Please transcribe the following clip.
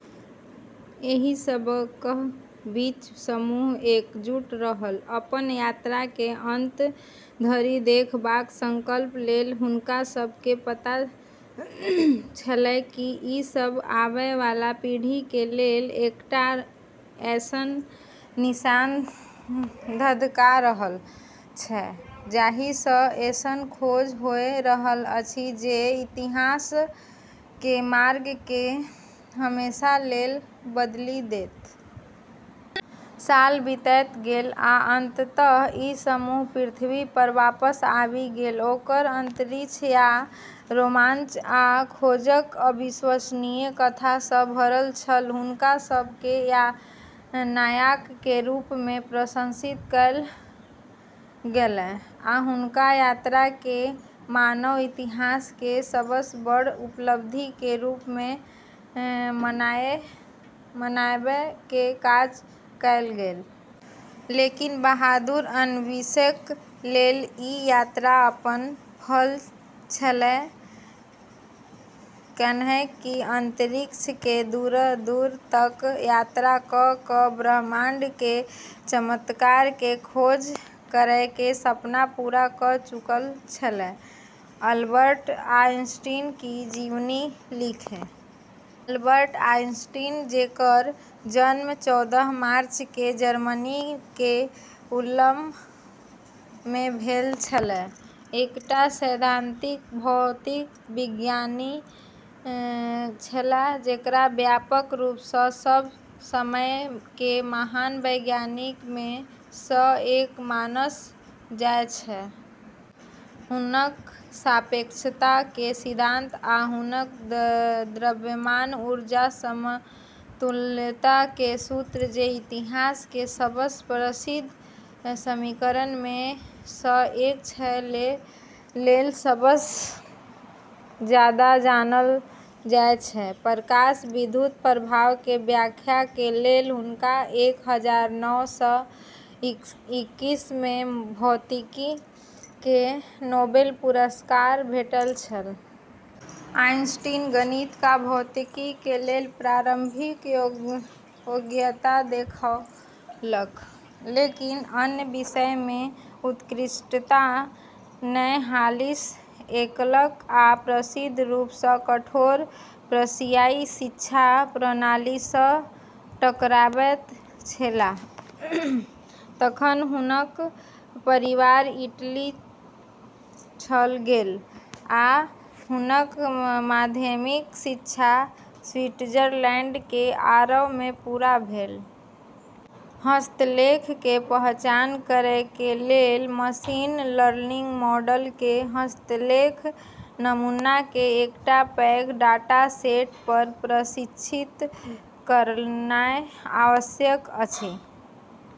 एहि सबहक बीच समूह एकजुट रहल, अपन यात्रा के अंत धरि देखबाक संकल्प लेल। हुनका सब के पता छेलै कि ई सब आबै वाला पीढ़ी के लेल एकटा ऐसन निशान धधका रहल छै, जाहि सँ ऐसन खोज होय रहल अछि जे इतिहास के मार्ग के हमेशा लेल बदलि देत। साल बीतैत गेल, आ अंततः, ई समूह पृथ्वी पर वापस आबि गेल, ओकर अंतरिक्ष यान रोमांच आ खोजक अविश्वसनीय कथा सँ भरल छल। हुनका सब के नायक के रूप मे प्रशंसित कएल गेलै, आ हुनक यात्रा के मानव इतिहास के सबसँ बड़ उपलब्धि के रूप मे मनाबय के काज कएल गेल। लेकिन बहादुर अन्वेषक लेल ई यात्रा अपन फल छेलै, कैन्हेकि अंतरिक्ष के दूर-दूर तक यात्रा क' क' ब्रह्मांड के चमत्कार के खोज करै के सपना पूरा क' चुकल छेलै। अल्बर्ट आइंस्टीन की जीवनी लिखें। अल्बर्ट आइंस्टीन, जेकर जन्म चौदह मार्च के जर्मनी के उल्म मे भेल छेलै, एकटा सैद्धांतिक भौतिक विज्ञानी छेलाह जेकरा व्यापक रूप सँ सब समय के महान वैज्ञानिक मे सँ एक मानल जाय छै। हुनक सापेक्षता के सिद्धांत, आ हुनक द्रव्यमान-ऊर्जा समतुल्यता के सूत्र, जे इतिहास के सबसँ प्रसिद्ध समीकरण मे सँ एक छै, लेल सबसँ जादा जानल जाय छै। प्रकाश विद्युत प्रभाव के व्याख्या के लेल हुनका एक हजार नौ सय इक्कीस मे भौतिकी के नोबेल पुरस्कार भेटल छल। आइंस्टीन गणित आ भौतिकी के लेल प्रारंभिक योग्यता देखौलक, लेकिन अन्य विषय मे उत्कृष्टता नै हासिल कएलक, आ प्रसिद्ध रूप सँ कठोर प्रशियाई शिक्षा प्रणाली सँ टकराबैत छेलाह। तखन हुनक परिवार इटली चल गेल, आ हुनक माध्यमिक शिक्षा स्विट्जरलैंड के आरौ मे पूरा भेल। हस्तलेख के पहचान करय के लेल मशीन लर्निंग मॉडल के हस्तलेख नमूना के एकटा पैघ डाटासेट पर प्रशिक्षित करनाय आवश्यक अछि।